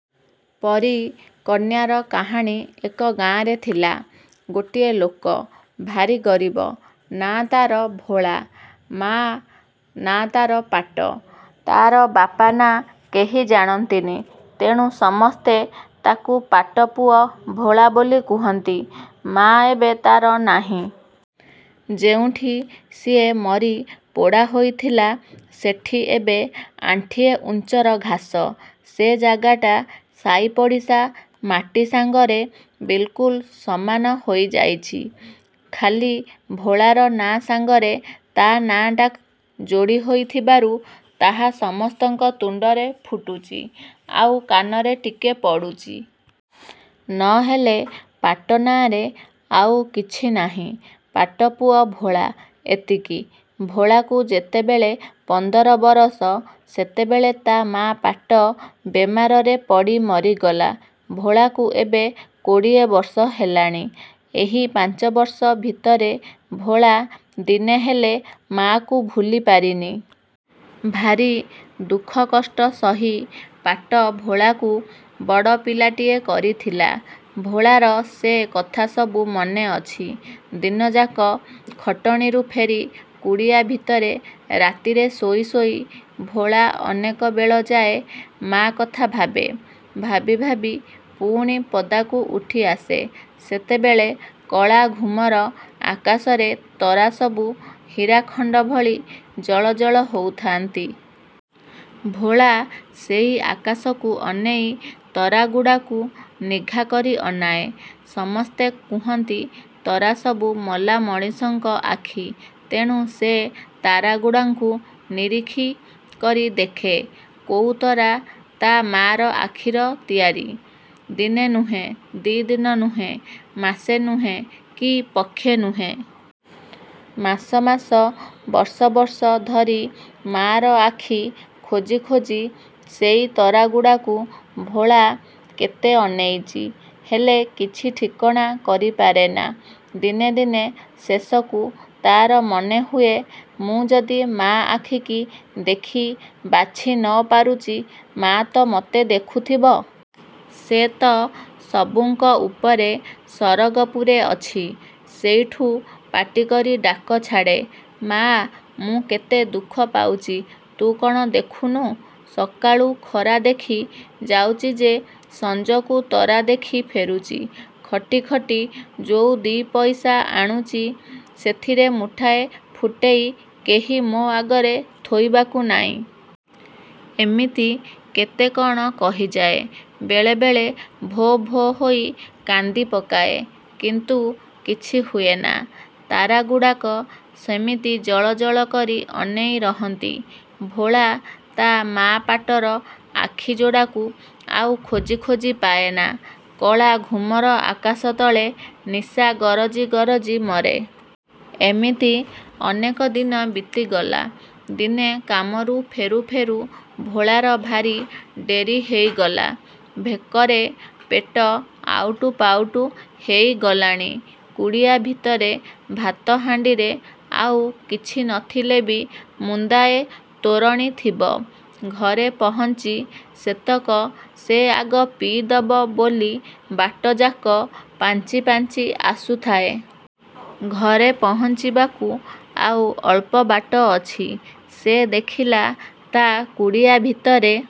ପରୀ କନ୍ୟାର କାହାଣୀ ଏକ ଗାଆଁରେ ଥିଲା ଗୋଟିଏ ଲୋକ। ଭାରି ଗରିବ। ନାଁ ତାର ଭୋଳା। ମା ନାଁ ତାର ପାଟ। ତାର ବାପ ନାଁ କେହି ଜାଣନ୍ତିନି ତେଣୁ ସମସ୍ତେ ତାକୁ ପାଟ ପୁଅ ଭୋଳା ବୋଲି କୁହନ୍ତି। ମା ଏବେ ତାର ନାହିଁ। ଯେଉଁଠି ସିଏ ମରି ପୋଡ଼ା ହୋଇଥିଲା ସେଠି ଏବେ ଆଣ୍ଠିଏ ଉଞ୍ଚର ଘାସ। ସେ ଜାଗାଟା ସାଇପଡ଼ିଶା ମାଟି ସାଙ୍ଗରେ ବିଲକୁଲ୍ ସମାନ ହୋଇ ଯାଇଚି। ଖାଲି ଭୋଳାର ନାଁ ସାଙ୍ଗରେ ତା ନାଁ ଟା ଯୋଡ଼ି ହୋଇଥିବାରୁ ତାହା ସମସ୍ତଙ୍କ ତୁଣ୍ଡରେ ଫୁଟୁଚି, ଆଉ କାନରେ ଟିକେ ପଡ଼ୁଚି। ନହେଲେ ପାଟ ନାଁରେ ଆଉ କିଛି ନାହିଁ। 'ପାଟପୁଅ ଭୋଳା', ଏତିକି। ଭୋଳାକୁ ଯେତେବେଳେ ପନ୍ଦର ବରଷ, ସେତେବେଳେ ତା ମା' ପାଟ ବେମାରରେ ପଡ଼ି ମରିଗଲା। ଭୋଳାକୁ ଏବେ କୋଡ଼ିଏ ବର୍ଷ ହେଲାଣି। ଏହି ପାଞ୍ଚବର୍ଷ ଭିତରେ ଭୋଳା ଦିନେ ହେଲେ ମା'କୁ ଭୁଲି ପାରିନି। ଭାରି ଦୁଃଖ କଷ୍ଟ ସହି ପାଟ ଭୋଳାକୁ ବଡ଼ ପିଲାଟିଏ କରିଥିଲା। ଭୋଳାର ସେ କଥାସବୁ ମନେ ଅଛି। ଦିନଯାକ ଖଟଣିରୁ ଫେରି କୁଡ଼ିଆ ଭିତରେ ରାତିରେ ଶୋଇ ଶୋଇ ଭୋଳା ଅନେକ ବେଳଯାଏ ମା କଥା ଭାବେ। ଭାବି ଭାବି ପୁଣି ପଦାକୁ ଉଠିଆସେ, ସେତେବେଳେ କଳା ଘୁମର ଆକାଶରେ ତରାସବୁ ହୀରାଖଣ୍ଡ ଭଳି ଜଳଜଳ ହଉଥାନ୍ତି-। ଭୋଳା ସେଇ ଆକାଶକୁ ଅନେଇ ତରାଗୁଡ଼ାକୁ ନିଘା କରି ଅନାଏ। ସମସ୍ତେ କୁହନ୍ତି ତରା ସବୁ ମଲା ମଣିଷଙ୍କ ଆଖି। ତେଣୁ ସେ ତାରାଗୁଡ଼ାଙ୍କୁ ନିରିଖି କରି ଦେଖେ, କୋଉ ତରା ତା ମାର ଆଖିର ତିଆରି? ଦିନେ ନୁହେଁ, ଦି'ଦିନ ନୁହେଁ, ମାସେ ନୁହେଁ କି ପକ୍ଷେ ନୁହେଁ। ମାସ ମାସ ବର୍ଷ ବର୍ଷ ଧରି ମାର ଆଖି ଖୋଜି ଖୋଜି ସେଇ ତରାଗୁଡ଼ାକୁ ଭୋଳା କେତେ ଅନେଇଚି! ହେଲେ କିଛି ଠିକଣା କରି ପାରେନା। ଦିନେ ଦିନେ ଶେଷକୁ ତାର ମନେ ହୁଏ ମୁଁ ଯଦି ମା ଆଖିକି ଦେଖି ବାଛି ନ ପାରୁଚି, ମା' ତ ମତେ ଦେଖୁଥିବ! ସେତ ସବୁଙ୍କ ଉପରେ ସରଗପୁରେ ଅଛି। ସେଇଠୁ ପାଟି କରି ଡାକ ଛାଡ଼େ, 'ମା' ମୁଁ କେତେ ଦୁଃଖ ପାଉଚି ତୁ କଣ ଦେଖୁନୁ? ସକାଳୁ ଖରା ଦେଖି ଯାଉଚି ଯେ ସଞ୍ଜକୁ ତରା ଦେଖି ଫେରୁଚି। ଖଟି ଖଟି ଯୋଉ ଦି' ପଇସା ଆଣୁଚି ସେଥିରେ ମୁଠାଏ ଫୁଟେଇ କେହି ମୋ ଆଗରେ ଥୋଇବାକୁ ନାଇଁ। ' ଏମିତି କେତେ କଣ କହିଯାଏ, ବେଳେବେଳେ ଭୋ ଭୋ ହୋଇ କାନ୍ଦି ପକାଏ। କିନ୍ତୁ କିଛି ହୁଏନା। ତାରାଗୁଡ଼ାକ ସେମିତି ଜଳଜଳ କରି ଅନେଇ ରହନ୍ତି। ଭୋଳା ତା ମା ପାଟର ଆଖି ଯୋଡ଼ାକୁ ଆଉ ଖୋଜି ଖୋଜି ପାଏନା। କଳା ଘୁମର ଆକାଶ ତଳେ ନିଶା ଗରଜି ଗରଜି ମରେ। ଏମିତି ଅନେକ ଦିନ ବିତିଗଲା। ଦିନେ କାମରୁ ଫେରୁ ଫେରୁ ଭୋଳାର ଭାରି ଡେରି ହେଇଗଲା। ଭେକରେ ପେଟ ଆଉଟୁ ପାଉଟୁ ହେଇଗଲାଣି। କୁଡ଼ିଆ ଭିତରେ ଭାତ ହାଣ୍ଡିରେ ଆଉ କିଛି ନ ଥିଲେ ବି ମୁନ୍ଦାଏ ତୋରଣି ଥିବ। ଘରେ। ପହଞ୍ଚି ସେତେକ ସେ ଆଗ ପିଇ ଦବ ବୋଲି ବାଟଯାକ ପାଞ୍ଚି ପାଞ୍ଚି ଆସୁଥାଏ। ଘରେ ପହଞ୍ଚିବାକୁ ଆଉ ଅଳ୍ପ ବାଟ ଅଛି ସେ ଦେଖିଲା ତା କୁଡ଼ିଆ ଭିତରେ